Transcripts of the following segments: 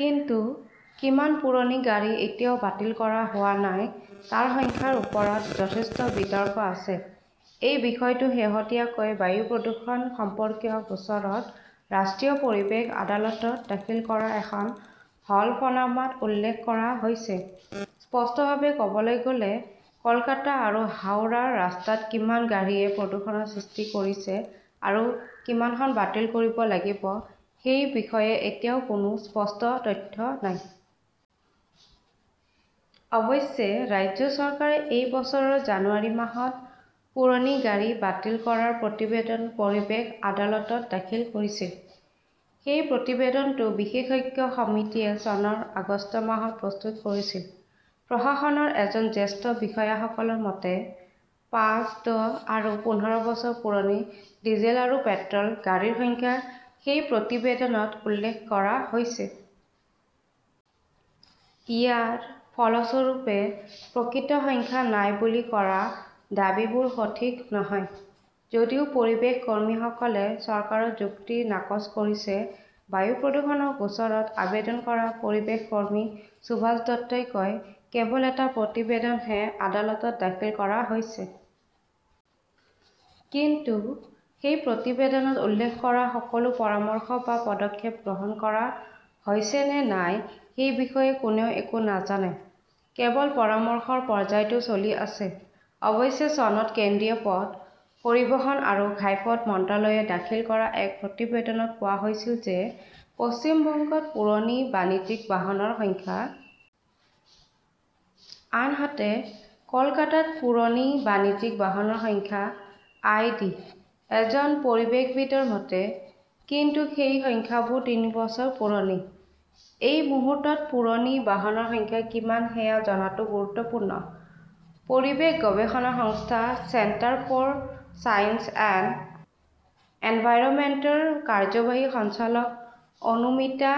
কিন্তু কিমান পুৰণি গাড়ী এতিয়াও বাতিল কৰা হোৱা নাই তাৰ সংখ্যাৰ ওপৰত যথেষ্ট বিতৰ্ক আছে। এই বিষয়টো শেহতীয়াকৈ বায়ু প্ৰদূষণ সম্পৰ্কীয় গোচৰত ৰাষ্ট্ৰীয় পৰিৱেশ আদালতত দাখিল কৰা এখন হলফনামাত উল্লেখ কৰা হৈছে। স্পষ্টভাৱে ক "বলৈ গ" লে, কলকাতা আৰু হাওৰাৰ ৰাস্তাত কিমান গাড়ীয়ে প্ৰদূষণৰ সৃষ্টি কৰিছে আৰু কিমানখন বাতিল কৰিব লাগিব সেই বিষয়ে এতিয়াও কোনো স্পষ্ট তথ্য নাই। অৱশ্যে, ৰাজ্য চৰকাৰে এই বছৰৰ জানুৱাৰী মাহত পুৰণি গাড়ী বাতিল কৰাৰ প্ৰতিবেদন পৰিৱেশ আদালতত দাখিল কৰিছিল। সেই প্ৰতিবেদনটো বিশেষজ্ঞ সমিতিয়ে চনৰ আগষ্ট মাহত প্ৰস্তুত কৰিছিল। প্ৰশাসনৰ এজন জ্যেষ্ঠ বিষয়াসকলৰ মতে, "পাঁচ, দহ আৰু পোন্ধৰ বছৰ পুৰণি ডিজেল আৰু পেট্ৰ" ল গাড়ীৰ সংখ্যা সেই প্ৰতিবেদনত উল্লেখ কৰা হৈছে। ইয়াৰ ফলস্বৰূপে, প্ৰকৃত সংখ্যা নাই বুলি কৰা দাবীবোৰ সঠিক নহয়। "যদিও পৰিৱেশ কৰ্মীসকলে চৰকাৰৰ যুক্তি নাকচ কৰিছে। বায়ু প্ৰদূষণৰ গোচৰত আবেদন কৰা পৰিৱেশ কৰ্মী সুভাষ দত্তই কয়, "কেৱল এটা প্ৰতিবেদনহে আদালতত দাখিল কৰা হৈছে। কিন্তু সেই প্ৰতিবেদনত উল্লেখ কৰা সকলো পৰামৰ্শ বা পদক্ষেপ গ্ৰহণ কৰা হৈছে নে নাই সেই বিষয়ে কোনেও একো নাজানে। কেৱল পৰামৰ্শৰ পৰ্যায়টো চলি আছে। "অৱশ্যে, চনত কেন্দ্ৰীয় পথ, পৰিবহণ আৰু ঘাইপথ মন্ত্ৰালয়ে দাখিল কৰা এক প্ৰতিবেদনত কোৱা হৈছিল যে পশ্চিম বংগত পুৰণি বাণিজ্যিক বাহনৰ সংখ্যা আই. ডি.। আনহাতে, কলকাতাত পুৰণি বাণিজ্যিক বাহনৰ সংখ্যা আই. ডি.। এজন পৰিৱেশবিদৰ মতে," কিন্তু সেই সংখ্যাবোৰ তিনি বছৰ পুৰণি। এই মুহূৰ্তত পুৰণি বাহনৰ সংখ্যা কিমান সেয়া জনাটো গুৰুত্বপূৰ্ণ। "পৰিৱেশ গৱেষণা সংস্থা centre for science and environment ৰ কাৰ্যবাহী সঞ্চালক অনুমিতা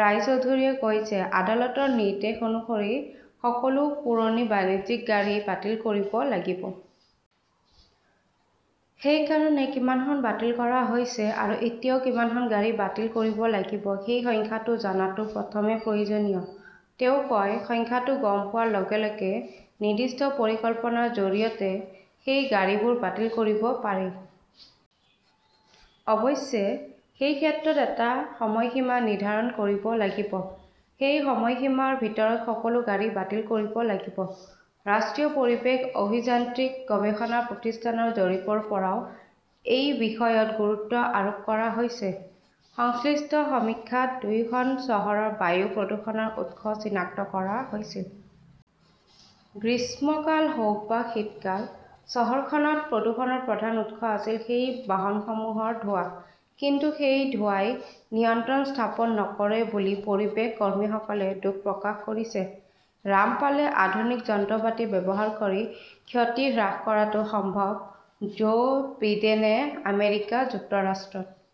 ৰায়চৌধৰীয়ে কয় যে আদালতৰ নিৰ্দেশ অনুসৰি সকলো পুৰণি বাণিজ্যিক গাড়ী বাতিল কৰিব লাগিব। সেই কাৰণে কিমানখন বাতিল কৰা হৈছে আৰু এতিয়াও কিমানখন গাড়ী বাতিল কৰিব লাগিব সেই সংখ্যাটো জনাটো প্ৰথমে প্ৰয়োজনীয়। তেওঁ কয়, "সংখ্যাটো গম পোৱাৰ লগে লগে নিৰ্দিষ্ট পৰিকল্পনাৰ জৰিয়তে সেই গাড়ীবোৰ বাতিল কৰিব পাৰি। অৱশ্যে, সেই ক্ষেত্ৰত এটা সময়সীমা নিৰ্ধাৰণ কৰিব লাগিব। সেই সময়সীমাৰ ভিতৰত সকলো গাড়ী বাতিল কৰিব লাগিব। "ৰাষ্ট্ৰীয় পৰিৱেশ অভিযান্ত্ৰিক গৱেষণা প্ৰতিষ্ঠান ৰ জৰীপৰ পৰাও এই বিষয়ত গুৰুত্ব আৰোপ কৰা হৈছে। সংশ্লিষ্ট সমীক্ষাত দুয়োখন চহৰৰ বায়ু প্ৰদূষণৰ উৎস চিনাক্ত কৰা হৈছিল। গ্ৰীষ্মকাল হওক বা শীতকাল, চহৰখনত প্ৰদূষণৰ প্ৰধান উৎস আছিল সেই বাহনসমূহৰ ধোঁৱা। কিন্তু সেই ধোঁৱাই নিয়ন্ত্ৰণ স্থাপন নকৰে বুলি পৰিৱেশ কৰ্মীসকলে দুখ প্ৰকাশ কৰিছে। ৰামপালে আধুনিক যন্ত্ৰপাতি ব্যৱহাৰ কৰি ক্ষতি হ্ৰাস কৰাটো সম্ভৱ " জো বিডেনে আমেৰিকা যুক্তৰাষ্ট্ৰত